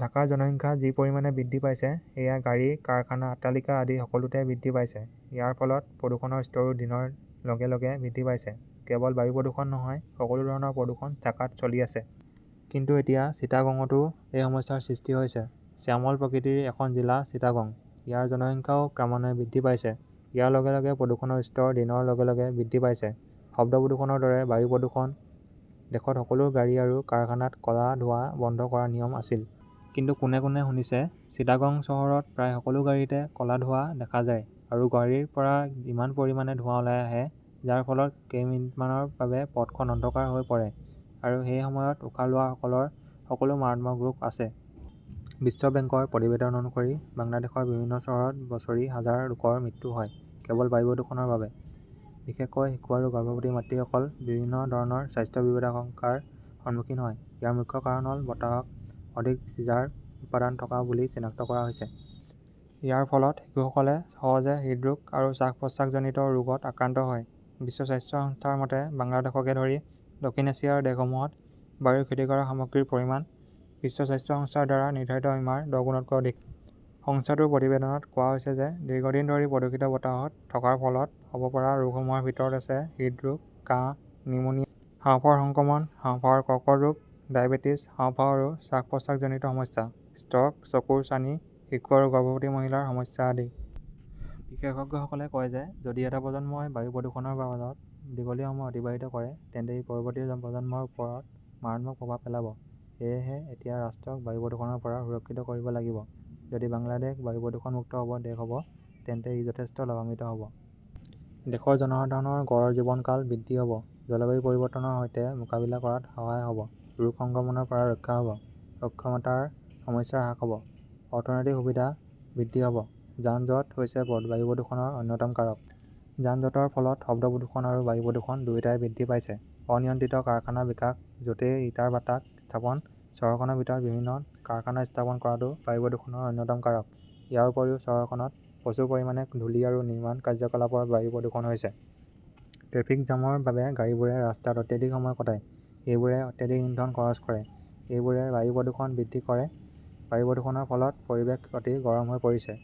ঢাকাৰ জনসংখ্যা যি পৰিমাণে বৃদ্ধি পাইছে সেয়া গাড়ী, কাৰখানা, অট্টালিকা আদি সকলোতে বৃদ্ধি পাইছে। ইয়াৰ ফলত প্ৰদূষণৰ স্তৰো দিনৰ লগে লগে বৃদ্ধি পাইছে। কেৱল বায়ু প্ৰদূষণ নহয়, সকলো ধৰণৰ প্ৰদূষণ ঢাকাত চলি আছে। কিন্তু এতিয়া চিটাগঙটো এই সমস্যাৰ সৃষ্টি হৈছে। শ্যামল প্ৰকৃতিৰ এখন জিলা চিটাগং। ইয়াৰ জনসংখ্যাও ক্ৰমান্বয়ে বৃদ্ধি পাইছে। ইয়াৰ লগে লগে প্ৰদূষণৰ স্তৰ দিনৰ লগে লগে বৃদ্ধি পাইছে। শব্দ প্ৰদূষণৰ দৰে বায়ু প্ৰদূষণ। দেশত সকলো গাড়ী আৰু কাৰখানাত ক 'লা ধোঁৱা বন্ধ কৰাৰ নিয়ম আছিল। কিন্তু কোনে কোনে শুনিছে। চিটাগং চহৰত প্ৰায় সকলো গাড়ীতে ক 'লা ধোঁৱা দেখা যায়। আৰু গাড়ীৰ পৰা ইমান পৰিমাণৰ ধোঁৱা ওলাই আহে, যাৰ ফলত কেইমিনিটমানৰ বাবে পথখন অন্ধকাৰ হৈ পৰে। আৰু সেই সময়ত উশাহ লোৱাসকলৰ সকলো মাৰাত্মক ৰোগ আছে। বিশ্ব বেংকৰ প্ৰতিবেদন অনুসৰি, বাংলাদেশৰ বিভিন্ন চহৰত বছৰি হাজাৰ লোকৰ মৃত্যু হয়, কেৱল বায়ু প্ৰদূষণৰ বাবে, বিশেষকৈ শিশু আৰু গৰ্ভৱতী মাতৃসকল বিভিন্ন ধৰণৰ স্বাস্থ্য বিপদাশংকাৰ সন্মুখীন হয়। ইয়াৰ মুখ্য কাৰণ হ'ল, বতাহত অধিক চিজাৰ উপাদান থকা বুলি চিনাক্ত কৰা হৈছে। ইয়াৰ ফলত শিশুসকলে সহজে হৃদৰোগ আৰু শ্বাস-প্ৰশ্বাসজনিত ৰোগত আক্ৰান্ত হয়। বিশ্ব স্বাস্থ্য সংস্থাৰ মতে, বাংলাদেশকে ধৰি দক্ষিণ এছিয়াৰ দেশসমূহত বায়ুৰ ক্ষতিকাৰক সামগ্ৰীৰ পৰিমাণ বিশ্ব স্বাস্থ্য সংস্থাৰ দ্বাৰা নিৰ্ধাৰিত সীমাৰ দহগুণতকৈ অধিক। সংস্থাটোৰ প্ৰতিবেদনত কোৱা হৈছে যে, দীৰ্ঘদিন ধৰি প্ৰদূষিত বতাহত থকাৰ ফলত হ'ব পৰা ৰোগসমূহৰ ভিতৰত আছে হৃদৰোগ, কাহ, নিউমোনিয়া, হাঁওফাঁওৰ সংক্ৰমণ, হাঁওফাঁওৰ কৰ্কট ৰোগ, ডায়েবেটিছ, হাঁওফাঁও আৰু শ্বাস-প্ৰশ্বাসজনিত সমস্যা, ষ্ট্ৰ'ক, চকুৰ ছানি, শিশু আৰু গৰ্ভৱতী মহিলাৰ সমস্যা আদি। বিশেষজ্ঞসকলে কয় যে, যদি এটা প্ৰজন্মই বায়ু প্ৰদূষণৰ মাজত দীঘলীয়া সময় অতিবাহিত কৰে, তেন্তে ই পৰৱৰ্তী প্ৰজন্মৰ ওপৰত মাৰাত্মক প্ৰভাৱ পেলাব। সেয়েহে, এতিয়া ৰাষ্ট্ৰক বায়ু প্ৰদূষণৰ পৰা সুৰক্ষিত কৰিব লাগিব। যদি বাংলাদেশ বায়ু প্ৰদূষণ মুক্ত দেশ হ'ব, তেন্তে ই যথেষ্ট লাভান্বিত হ'ব। দেশৰ জনসাধাৰণৰ গড় জীৱনকাল বৃদ্ধি হ 'ব, জলবায়ু পৰিৱৰ্তনৰ সৈতে মোকাবিলা কৰাত সহায় হ' ব, ৰোগ সংক্ৰমণৰ পৰা ৰক্ষা হ 'ব, অক্ষমতাৰ সমস্যা হ্ৰাস হ' ব, অৰ্থনৈতিক সুবিধা বৃদ্ধি হ'ব। যান-জঁট হৈছে বায়ু প্ৰদূষণৰ অন্যতম কাৰক। যান-জঁটৰ ফলত শব্দ প্ৰদূষণ আৰু বায়ু প্ৰদূষণ দুয়োটাই বৃদ্ধি পাইছে। অনিয়ন্ত্ৰিত কাৰখানাৰ বিকাশ, য 'তেই ইটাৰ ভাটকা স্থাপন, চহৰখনৰ ভিতৰত বিভিন্ন কাৰখানা স্থাপন কৰাটো বায়ু প্ৰদূষণৰ অন্যতম কাৰক। ইয়াৰ উপৰিও চহৰখনত প্ৰচুৰ পৰিমাণে ধূলি আৰু নিৰ্মাণ কাৰ্যকলাপৰ বায়ু প্ৰদূষণ হৈছে। ট্ৰেফিক জামৰ বাবে গাড়ীবোৰে ৰাস্তাত অত্যাধিক সময় কটায়, সেইবোৰে অত্যাধিক ইন্ধন খৰচ কৰে, এইবোৰে বায়ু প্ৰদূষণ বৃদ্ধি কৰে। বায়ু প্ৰদূষণৰ ফলত পৰিৱেশ অতি গৰম হৈ পৰিছে।